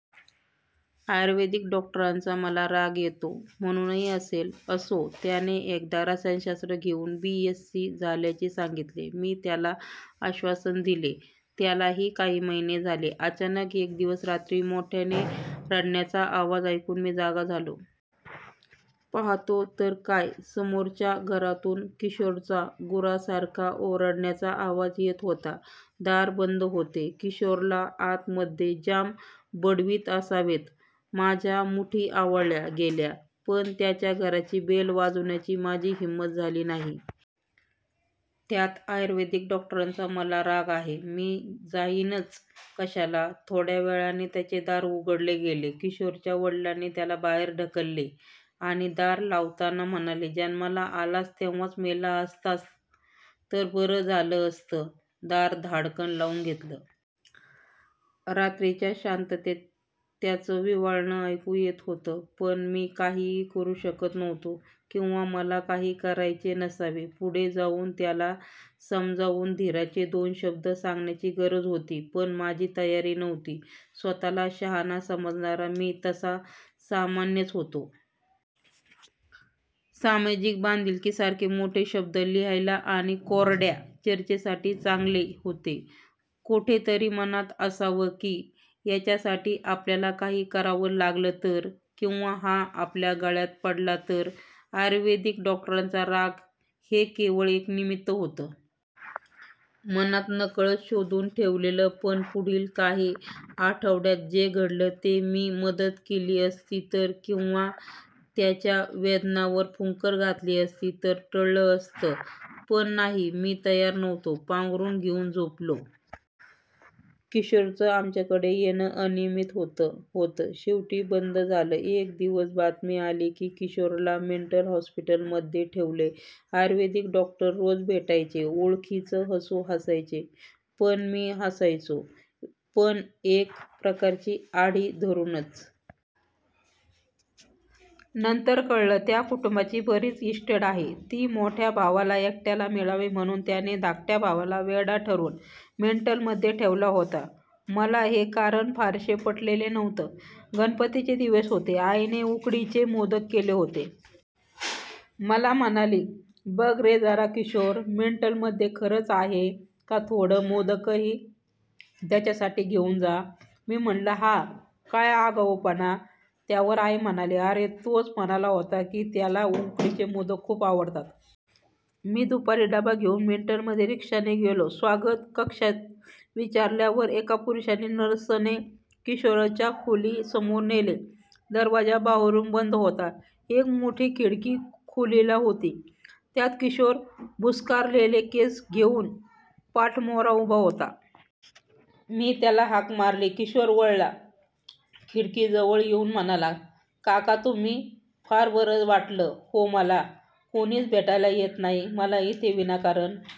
आयुर्वेदिक डॉक्टरांचा मला राग येतो म्हणूनही असेल. असो. त्याने एकदा रसायनशास्त्र घेऊन बी. एससी. झाल्याचे सांगितले. मी त्याला आश्वासन दिले त्यालाही काही महिने झाले. अचानक एक दिवस रात्री मोठयाने रडण्याचा आवाज ऐकून मी जागा झालो. पाहातो तर काय, समोरच्या घरातून किशोरचा गुरासारखा ओरडण्याचा आवाज येत होता. दार बंद होते. किशोरला आत मध्ये जाम बडवीत असावेत. माझ्या मुठी आवळल्या गेल्या. पण त्यांच्या घराची बेल वाजवण्याची माझी हिंमत झाली नाही. त्यात आयुर्वेदिक डॉक्टरांचा मला राग आहे. मी जाईनच कशाला. थोड्यावेळाने त्याचे दार उघडले गेले. किशोरच्या वडिलांनी त्याला बाहेर ढकलले आणि दार लावताना म्हणाले. जन्माला आलास तेव्हाच मेला असतास तर बरं झालं असतं. दार धाडकन लावून घेतले. रात्रीच्या शांततेत त्याचं विव्हळणं ऐकू येत होतं. पण मी काहीही करू शकत नव्हतो किंवा मला काही करायचे नसावे. पुढे जाऊन त्याला समजाऊन धीराचे दोन शब्द सांगण्याची गरज होती. पण माझी तयारी नव्हती. स्वतःला शहाणा समजणारा मी तसा सामान्यच होतो. सामाजिक बांधिलकी सारखे मोठे शब्द लिहायला आणि कोरड्या चर्चेसाठी चांगले होते. कोठेतरी मनात असावं की याच्यासाठी आपल्याला काही करावं लागलं तर? किंवा हा आपल्या गळ्यात पडला तर? आयुर्वेदिक डॉक्टरांचा राग हे केवळ एक निमित्त होतं. मनानं नकळत शोधून ठेवलेलं. पण पुढिल काही आठवड्यांत जे घडलं ते मी मदत केली असती तर किंवा त्याच्या वेदनांवर फुंकर घातली असती तरी टळलं असतं. पण नाही मी तयार नव्हतो. पांघरूण घेऊन झोपलो. किशोरचं आमच्याकडे येणं अनियमित होत होत शेवटी बंद झालं. एक दिवस बातमी आली की किशोरला मेंटल हॉस्पिटलमध्ये ठेवलय. आयुर्वेदिक डॉक्टर रोज भेटायचे. ओळखीचं हासू हासायचे, मी पण हासायचो. पण एक प्रकारची आढी धरूनच. नंतर कळलं, त्या कुटुंबाची बरीच इस्टेट आहे. ती मोठ्या भावाला एकट्याला मिळावी म्हणून त्याने धाट्या भावाला वेडा ठरवून मेंटल मध्ये ठेवला होता. मला हे कारण फारसे पटलेलं नव्हतं. गणपतीचे दिवस होते. आईने उकडीचे मोदक केले होते. मला म्हणाली, "बघ रे जरा किशोर मेंटलमध्ये खरच आहे कां थोडे मोदकही त्याच्यासाठी घेऊन जा. " मी म्हंटलं, "हा काय आगाऊपणा? त्यावर आई म्हणाली, "अरे तोच म्हणाला होता की त्याला उकडीचे मोदक खूप आवडतात. मी दुपारी डबा घेऊन मेंटल मध्ये रिक्षाने गेलो. स्वागत कक्षात विचारल्यावर एका पुरुष नर्सने किशोरच्या खोली समोर नेले. दरवाजा बाहेरून बंद होता. एक मोठी खिडकी खोलीला होती. त्यात किशोर भुस्कारलेले केस घेऊन पाठमोरा उभा होता. मी त्याला हाक मारली. किशोर वळला. खिडकी जवळ येऊन म्हणाला, "काका, तुम्ही? " फार बरं वाटलं हो. मला कोणीच भेटायला येत नाही. मला इथे विनाकारण